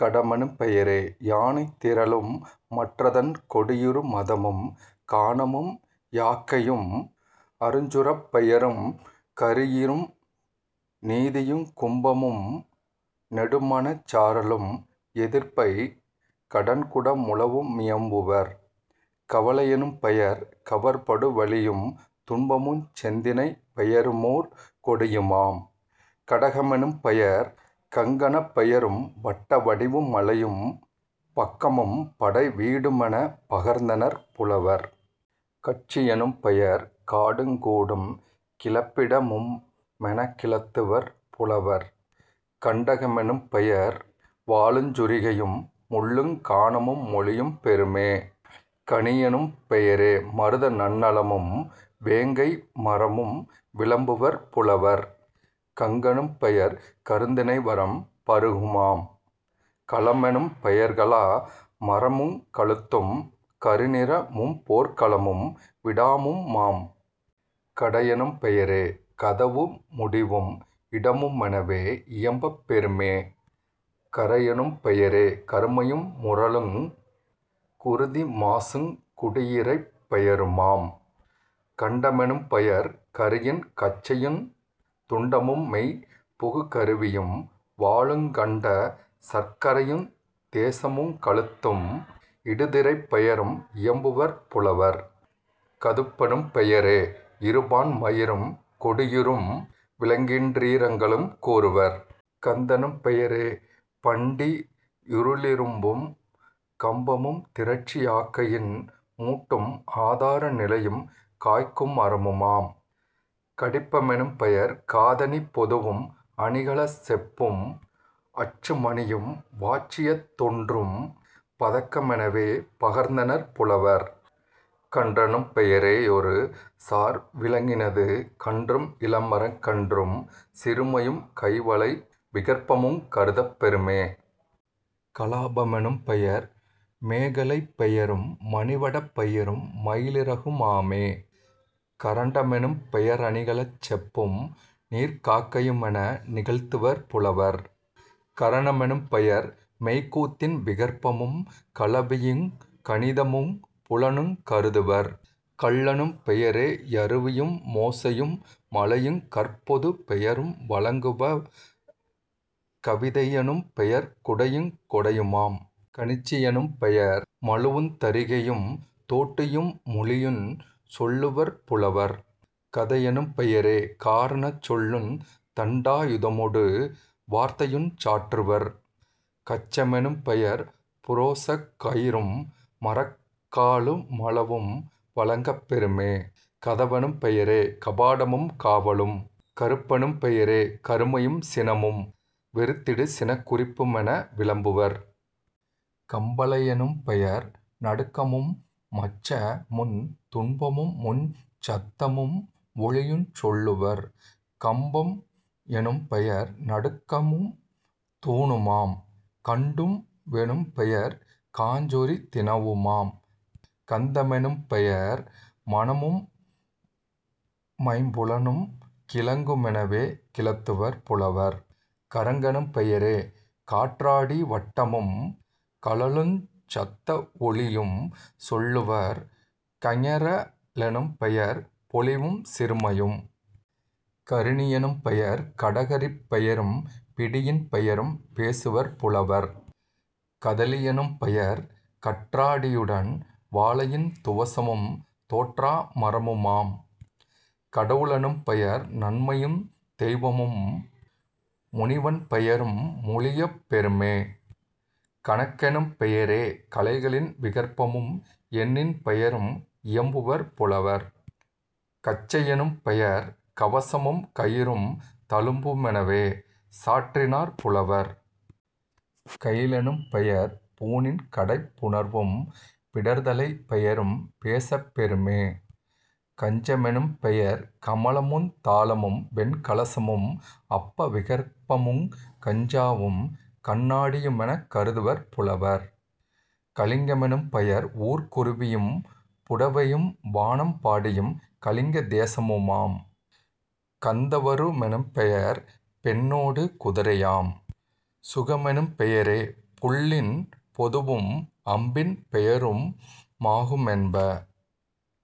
கடமெனும் பெயரே யானைத் திரளும் மற்றதன் கொடிறு மதமும் கானமும் யாக்கை யும்அருஞ் சுரப்பெயருங் கயிறும் நீதியுங் கும்பமு நெடுமநச் சாரலும் எதிர்ப்பை கடன்குட முழவு மியம்புவர்..... கவலை யெனும்பெயர் கவர்படு வழியும் துன்பமுஞ் செந்தினைப் பெயருமோர் கொடியுமாம்..... கடக மெனும்பெயர் கங்கணப் பெயரும் வட்ட வடிவு மலையின் பக்கமும் படைவீ டுமெனப் பகர்ந்தனர் புலவர்..... கட்சி யெனும்பெயர் காடுங் கூடும் கிடப்பிட முமெனக் கிளத்துவர் புலவர்..... கண்டக மெனும்பெயர் வாளுஞ் சுரிகையும் முள்ளுங் கானமு மொழியப் பெறுமே..... கணியெனும் பெயரே மருத நன்னிலமும் வேங்கை மரமும் விளம்புவர் புலவர்..... கங்கெனும் பெயர்கருந் தினைவரம் பருகுமாம்..... களமெனும் பெயர்களா மரமுங் கழுத்தும் கருநிற மும்போர்க் களமும் விடமுமாம்..... கடையெனும் பெயரே கதவு முடிவும் இடமு மெனவே யியம்பப் பெறுமே..... கறையெனும் பெயரே கருமையு முரலுங்। குருதி மாசுங் குடியிறைப் பெயருமாம்..... கண்ட மெனும்பெயர் கரியின் கச்சையுந் துண்டமு மெய்புகு கருவியும் வாளுங் கண்ட சர்க்கரையுந் தேசமுங் கழுத்தும் இடுதிரைப் பெயரும் இயம்புவர் புலவர்..... கதுப்பெனும் பெயரே யிருபான் மயிரும் கொடிறும் விலங்கின் றிரளுங் கூறுவர்..... கந்தெனும் பெயரே பண்டி யுளிரும்பும் கம்பமும் திரட்சி யாக்கையின் மூட்டும் ஆதார நிலையும் காய்க்கு மரமுமாம்..... கடிப்ப மெனும்பெயர் காதணிப் பொதுவும் அணிகலச் செப்பும் அச்சு மணியும் வாச்சியத் தொன்றும் பதக்க மெனவே பகர்ந்தனர் புலவர்..... கன்றெனும் பெயரே யொருசார் விலங்கினது கன்றும் இளமரக் கன்றும் சிறுமையும் கைவளை விகற்பமுங் கருதப் பெறுமே..... கலாப மெனும்பெயர் மேகலைப் பெயரும் மணிவடப் பெயரு மயிலிறகு மாமே..... கரண்ட மெனும்பெய ரணிகலச் செப்பும் நீர்க்காக் கையுமென நிகழ்த்துவர் புலவர்..... கரண மெனும்பெயர் மெய்க்கூத்தின் விகற்பமும் கலவியுங் கணிதமும் புலனுங் கருதுவர்..... கல்லெனும் பெயரே யருவியு மோசையும் மலையுங் கற்பொதுப் பெயரும் வழங்குப..... கவிகை யெனும்பெயர் குடையுங் கொடையுமாம்..... கணிச்சி யெனும்பெயர் மழுவுந் தறிகையுந் தோட்டியு முளியுஞ் சொல்லுவர் புலவர்..... கதையெனும் பெயரே காரணச் சொல்லுந் தண்டா யுதமொடு வார்த்தையுஞ் சாற்றுவர்..... கச்ச மெனும்பெயர் புரோசக் கயிறும் மரக்காலு மளவும் வழங்கப் பெறுமே..... கதவெனும் பெயரே கபாடமும் காவலும்..... கறுப்பெனும் பெயரே கருமையும் சினமும் வெறுத்திடு சினக்குறிப் புமென விளம்புவர்..... கம்பலை யெனும்பெயர் நடுக்கமு மச்சமுந் துன்பமுஞ் சத்த வொலியுஞ் சொல்லுவர்..... கம்பம் எனும்பெயர் நடுக்கமும் தூணுமாம்..... கண்டூ வெனும்பெயர் காஞ்சொறி தினவுமாம்..... கந்த மெனும்பெயர் மணமு மைம்புலனும் கிழங்கு மெனவே கிளத்துவர் புலவர்..... கறங்கெனும் பெயரே காற்றாடி வட்டமும் கழலுஞ் சத்த வொலியும் சொல்லுவர்..... கஞற லெனும்பெயர் பொலிவும் சிறுமையும்..... கரிணி யெனும்பெயர் கடகரிப் பெயரும் பிடியின் பெயரும் பேசுவர் புலவர்..... கதலி யெனும்பெயர் காற்றா டியுடனே வாழையுந் துவசமும் தேற்றா மரமுமாம்..... கடவு ளெனும்பெயர் நன்மையுந் தெய்வமும் முனிவன் பெயரு மொழியப் பெறுமே..... கணக்கெனும் பெயரே கலைகளின் விகற்பமும் எண்ணின் பெயரும் இயம்புவர் புலவர்..... கச்சை யெனும்பெயர் கவசமும் கயிறும் தழும்பு மெனவே சாற்றினர் புலவர்..... கயிலெனும் பெயர்பூ ணின்கடைப் புணர்வும் பிடர்த்தலை பெயரும் பேசப் பெறுமே.... கஞ்ச மெனும்பெயர் கமலமுந் தாளமும் வெண்கலசமும் அப்ப விகற்பமுங் கஞ்சாவும் கண்ணா டியுமெனக் கருதுவர் புலவர்..... கலிங்க மெனும்பெயர் ஊர்க்குருவியும் புடைவையும் வானம் பாடியும் கலிங்க தேசமுமாம்..... கந்தருவ மெனும்பெயர் பெண்ணோடு குதிரையாம்..... சுகமெனும் பெயரே புள்ளின் பொதுவும் அம்பின் பெயரு மாகு மென்ப.